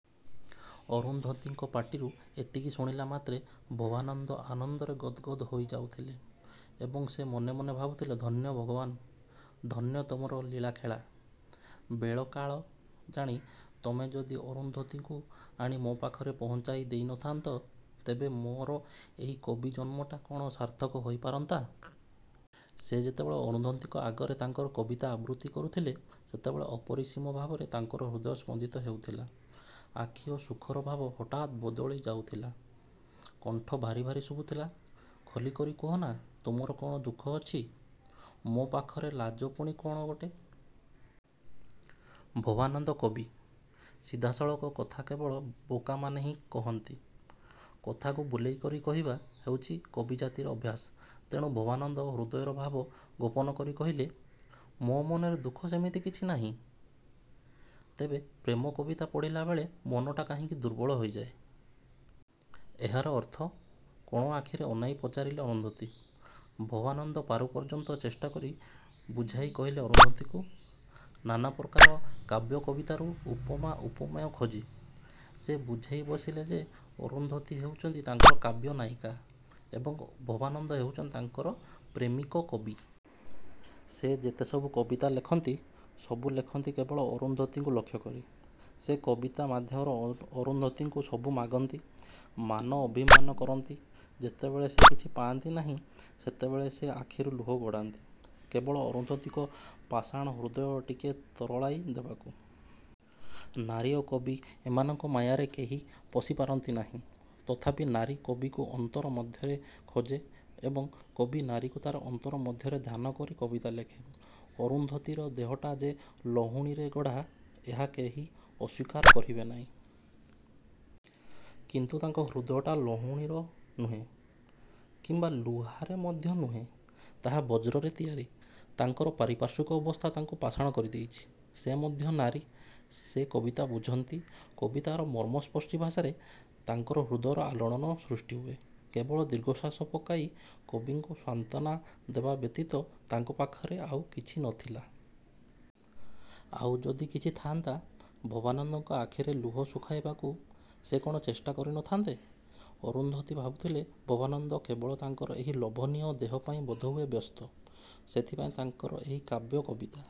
'' ଅରୁନ୍ଧୁତୀଙ୍କ ପାଟିରୁ ଏତିକି ଶୁଣିଲା ମାତ୍ରେ ଭବାନନ୍ଦ ଆନନ୍ଦରେ ଗଦ୍ ଗଦ୍ ହୋଇଯାଉଥିଲେ ଏବଂ ସେ ମନେମନେ ଭାବୁଥିଲେ ଧନ୍ୟ ଭଗବାନ! ଧନ୍ୟ ତୁମର ଲୀଳାଖେଳା-। ବେଳକାଳ ଜାଣି ତମେ ଯଦି ଅରୁନ୍ଧୁତୀକୁ ଆଣି ମୋ ପାଖରେ ପହଞ୍ଚାଇ ଦେଇନଥାନ୍ତ, ତେବେ ମୋର ଏଇ କବି ଜନ୍ମଟା କ'ଣ ସାର୍ଥକ ହୋଇପାରନ୍ତା? ସେ ଯେତେବେଳେ ଅରୁନ୍ଧୁତୀଙ୍କ ଆଗରେ ତାଙ୍କର କବିତା ଆବୃତ୍ତି କରୁଥିଲେ, ସେତେବେଳେ ଅପରିସୀମ ଭାବରେ ତାଙ୍କର ହୃଦୟ ସ୍ପନ୍ଦିତ ହେଉଥିଲା। ଆଖି ଓ ସୁଖର ଭାବ ହଠାତ୍ ବଦଳି ଯାଉଥିଲା। କଣ୍ଠ ଭାରି ଭାରି ଶୁଭୁଥିଲା। ଖୋଲିକରି କୁହନା, ତୁମର କ'ଣ ଦୁଃଖ ଅଛି? ମୋ ପାଖରେ ଲାଜ ପୁଣି ଗୋଟେ କ'ଣ? '' ଭବାନନ୍ଦ କବି। ସିଧାସଳଖ କଥା କେବଳ ବୋକାମାନେ ହିଁ କହନ୍ତି। କଥାକୁ ବୁଲେଇକରି କହିବା ହେଉଛି କବିଜାତିର ଅଭ୍ୟାସ। ତେଣୁ ଭବାନନ୍ଦ ହୃଦୟର ଭାବ ଗୋପନକରି କହିଲେ, ''ମୋ ମନରେ ଦୁଃଖ ସେମିତି କିଛି ନାହିଁ। ତେବେ ପ୍ରେମ କବିତା ପଢ଼ିଲା ବେଳେ ମନଟା କାହିଁକି ଦୁର୍ବଳ ହୋଇଯାଏ। '' ''ଏହାର ଅର୍ଥ? '' କୋଣ ଆଖିରେ ଅନାଇ ପଚାରିଲେ ଅରୁନ୍ଧୁତୀ। ଭବାନନ୍ଦ ପାରୁପର୍ଯ୍ୟନ୍ତ ଚେଷ୍ଟାକରି ବୁଝାଇ କହିଲେ ଅରୁନ୍ଧୁତୀକୁ। ନାନାପ୍ରକାର କାବ୍ୟ କବିତାରୁ ଉପମା, ଉପମେୟ ଖୋଜି। ସେ ବୁଝାଇ ବସିଲେ ଯେ ଅରୁନ୍ଧୁତୀ ହେଉଛନ୍ତି ତାଙ୍କର କାବ୍ୟନାୟିକା ଏବଂ ଭବାନନ୍ଦ ହେଉଛନ୍ତି ତାଙ୍କର ପ୍ରେମିକ କବି। ସେ ଯେତେସବୁ କବିତା ଲେଖନ୍ତି ସବୁ ଲେଖନ୍ତି କେବଳ ଅରୁନ୍ଧୁତୀକୁ ଲକ୍ଷ୍ୟକରି। ସେ କବିତା ମାଧ୍ୟମରେ ଅରୁନ୍ଧୁତୀକୁ ସବୁ ମାଗନ୍ତି। ମାନ, ଅଭିମାନ କରନ୍ତି। ଯେତେବେଳେ ସେ କିଛି ପାଆନ୍ତି ନାହିଁ, ସେତେବେଳେ ସେ ଆଖିରୁ ଲୁହ ଗଡ଼ାନ୍ତି, କେବଳ ଅରୁନ୍ଧୁତୀର ପାଷାଣ ହୃଦୟ ଟିକିଏ ତରଳାଇ ଦେବାକୁ। ନାରୀ ଓ କବି ଏମାନଙ୍କ ମାୟାରେ କେହି ପଶି ପାରନ୍ତି ନାହିଁ। ତଥାପି ନାରୀ କବିକୁ ଅନ୍ତର ମଧ୍ୟରେ ଖୋଜେ ଏବଂ କବି ନାରୀକୁ ତା'ର ଅନ୍ତର ମଧ୍ୟରେ ଧ୍ୟାନକରି କବିତା ଲେଖେ। ଅରୁନ୍ଧୁତୀର ଦେହଟା ଯେ ଲହୁଣୀରେ ଗଢ଼ା, ଏହା କେହି ଅସ୍ୱୀକାର କରିବେ ନାହିଁ। କିନ୍ତୁ ତାଙ୍କ ହୃଦୟଟା ଲହୁଣୀର ନୁହେଁ କିମ୍ବା ଲୁହାରେ ମଧ୍ୟ ନୁହେଁ। ତାହା ବଜ୍ରରେ ତିଆରି। ତାଙ୍କର ପାରିପାର୍ଶ୍ୱିକ ଅବସ୍ଥା ତାଙ୍କୁ ପାଷାଣ କରିଦେଇଥିଲା। ସେ ମଧ୍ୟ ନାରୀ। ସେ କବିତା ବୁଝନ୍ତି। କବିତାର ମର୍ମସ୍ପର୍ଶୀ ଭାଷାରେ ତାଙ୍କର ହୃଦୟରେ ଆଲୋଡ଼ନ ସୃଷ୍ଟିହୁଏ। କେବଳ ଦୀର୍ଘଶ୍ୱାସ ପକାଇ କବିକୁ ସାନ୍ତ୍ୱାନା ଦେବା ବ୍ୟତୀତ ତାଙ୍କ ପାଖରେ ଆଉ କିଛି ନ ଥିଲା। ଆଉ ଯଦି କିଛି ଥାଆନ୍ତା, ଭବାନନ୍ଦଙ୍କ ଆଖିରୁ ଲୁହ ଶୁଖାଇବାକୁ ସେ କ'ଣ ଚେଷ୍ଟା କରିନଥାନ୍ତେ? ଅରୁନ୍ଧୁତୀ ଭାବୁଥିଲେ ଭବାନନ୍ଦ କେବଳ ତାଙ୍କର ଏହି ଲୋଭନୀୟ ଦେହପାଇଁ ବୋଧହୁଏ ବ୍ୟସ୍ତ। ସେଥିପାଇଁ ତାଙ୍କର ଏହି କାବ୍ୟ, କବିତା।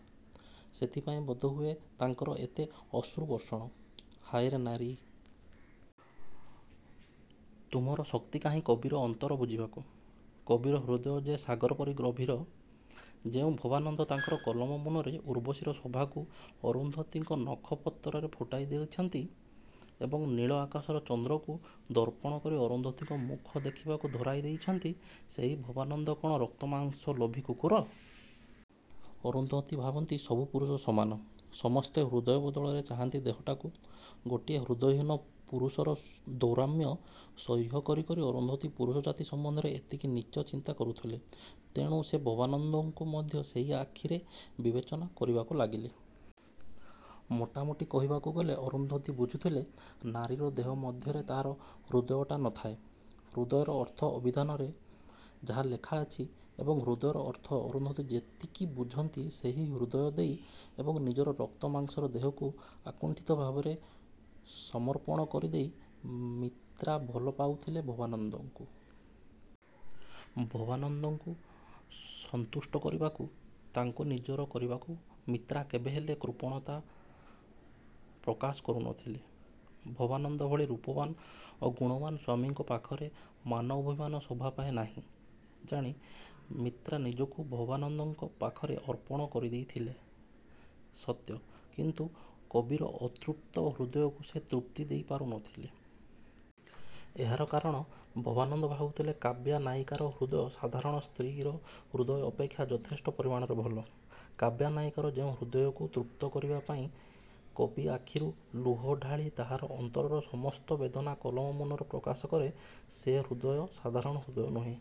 ସେଥିପାଇଁ ବୋଧହୁଏ ତାଙ୍କର ଏତେ ଅଶ୍ରୁବର୍ଷଣ। ହାୟରେ ନାରୀ! ତୁମର ଶକ୍ତି କାହିଁ କବିର ଅନ୍ତର ବୁଝିବାକୁ। କବିର ହୃଦୟ ଯେ ସାଗର ପରି ଗଭୀର। ଯେଉଁ ଭବାନନ୍ଦ ତାଙ୍କର କଲମ ମୂନରେ ଉର୍ବଶୀର ଶୋଭାକୁ ଅରୁନ୍ଧୁତୀର ନଖପତ୍ରରେ ଫୁଟାଇ ଦେଇଛନ୍ତି ଏବଂ ନୀଳ ଆକାଶର ଚନ୍ଦ୍ରକୁ ଦର୍ପଣ କରି ଅରୁନ୍ଧୁତୀକୁ ମୁଖ ଦେଖିବାକୁ ଧରାଇ ଦେଇଛନ୍ତି, ସେହି ଭବାନନ୍ଦ କ'ଣ ରକ୍ତମାଂସ ଲୋଭୀ କୁକୁର? ଅରୁନ୍ଧୁତୀ ଭାବନ୍ତି ସବୁ ପୁରୁଷ ସମାନ। ସମସ୍ତେ ହୃଦୟ ବଦଳରେ ଚାହାଁନ୍ତି ଦେହଟାକୁ-। ଗୋଟାଏ ହୃଦୟହୀନ ପୁରୁଷର ଦୌରାତ୍ମ୍ୟ ସହ୍ୟ କରି କରି ଅରୁନ୍ଧୁତୀ ପୁରୁଷଜାତି ସମ୍ବନ୍ଧରେ ଏତିକି ନୀଚ ଚିନ୍ତା କରୁଥିଲେ। ତେଣୁ ସେ ଭବାନନ୍ଦଙ୍କୁ ମଧ୍ୟ ସେହି ଆଖିରେ ବିବେଚନା କରିବାକୁ ଲାଗିଲେ। ମୋଟାମୋଟି କହିବାକୁ ଗଲେ ଅରୁନ୍ଧୁତୀ ବୁଝିଥିଲେ ନାରୀର ଦେହ ମଧ୍ୟରେ ତା'ର ହୃଦୟଟା ନଥାଏ। ହୃଦୟର ଅର୍ଥ ଅଭିଧାନରେ ଯାହା ଲେଖାଅଛି ଏବଂ ହୃଦୟର ଅର୍ଥ ଅରୁନ୍ଧୁତୀ ଯେତିକି ବୁଝନ୍ତି ସେହି ହୃଦୟଦେଇ ଏବଂ ନିଜର ରକ୍ତମାଂସର ଦେହକୁ ଆକୁଣ୍ଠିତଭାବେ ସମର୍ପଣ କରିଦେଇ ମିତ୍ରା ଭଲପାଉଥିଲା ଭବାନନ୍ଦକୁ। ଭବାନନ୍ଦକୁ ସନ୍ତୁଷ୍ଟ କରିବାକୁ, ତାଙ୍କୁ ନିଜର କରିବାକୁ ମିତ୍ରା କେବେହେଲେ କୃପଣତା ପ୍ରକାଶ କରୁନଥିଲା। ଭବାନନ୍ଦ ଭଳି ରୂପବାନ୍ ଓ ଗୁଣବାନ୍ ସ୍ୱାମୀଙ୍କ ପାଖରେ ମାନ ଅଭିମାନ ଶୋଭାପାଏ ନାହିଁ ଜାଣି ମିତ୍ରା ନିଜକୁ ଭବାନନ୍ଦଙ୍କ ପାଖରେ ଅର୍ପଣ କରିଦେଇଥିଲା ସତ୍ୟ; କିନ୍ତୁ କବିର ଅତୃପ୍ତ ହୃଦୟକୁ ସେ ତୃପ୍ତି ଦେଇପାରୁ ନଥିଲା। ଏହାର କାରଣ, ଭବାନନ୍ଦ ଭାବୁଥିଲେ କାବ୍ୟ ନାୟିକାର ହୃଦୟ ସାଧାରଣ ସ୍ତ୍ରୀର ହୃଦୟ ଅପେକ୍ଷା ଯଥେଷ୍ଟ ପରିମାଣରେ ଭଲ। କାବ୍ୟ ନାୟିକାର ଯେଉଁ ହୃଦୟକୁ ତୃପ୍ତ କରିବା ପାଇଁ କବି ଆଖିରୁ ଲୁହ ଢାଳି ତାହାର ଅନ୍ତରର ସମସ୍ତ ବେଦନା କଲମ ମୁନରେ ପ୍ରକାଶ କରେ ସେ ହୃଦୟ ସାଧାରଣ ହୃଦୟ ନୁହେଁ।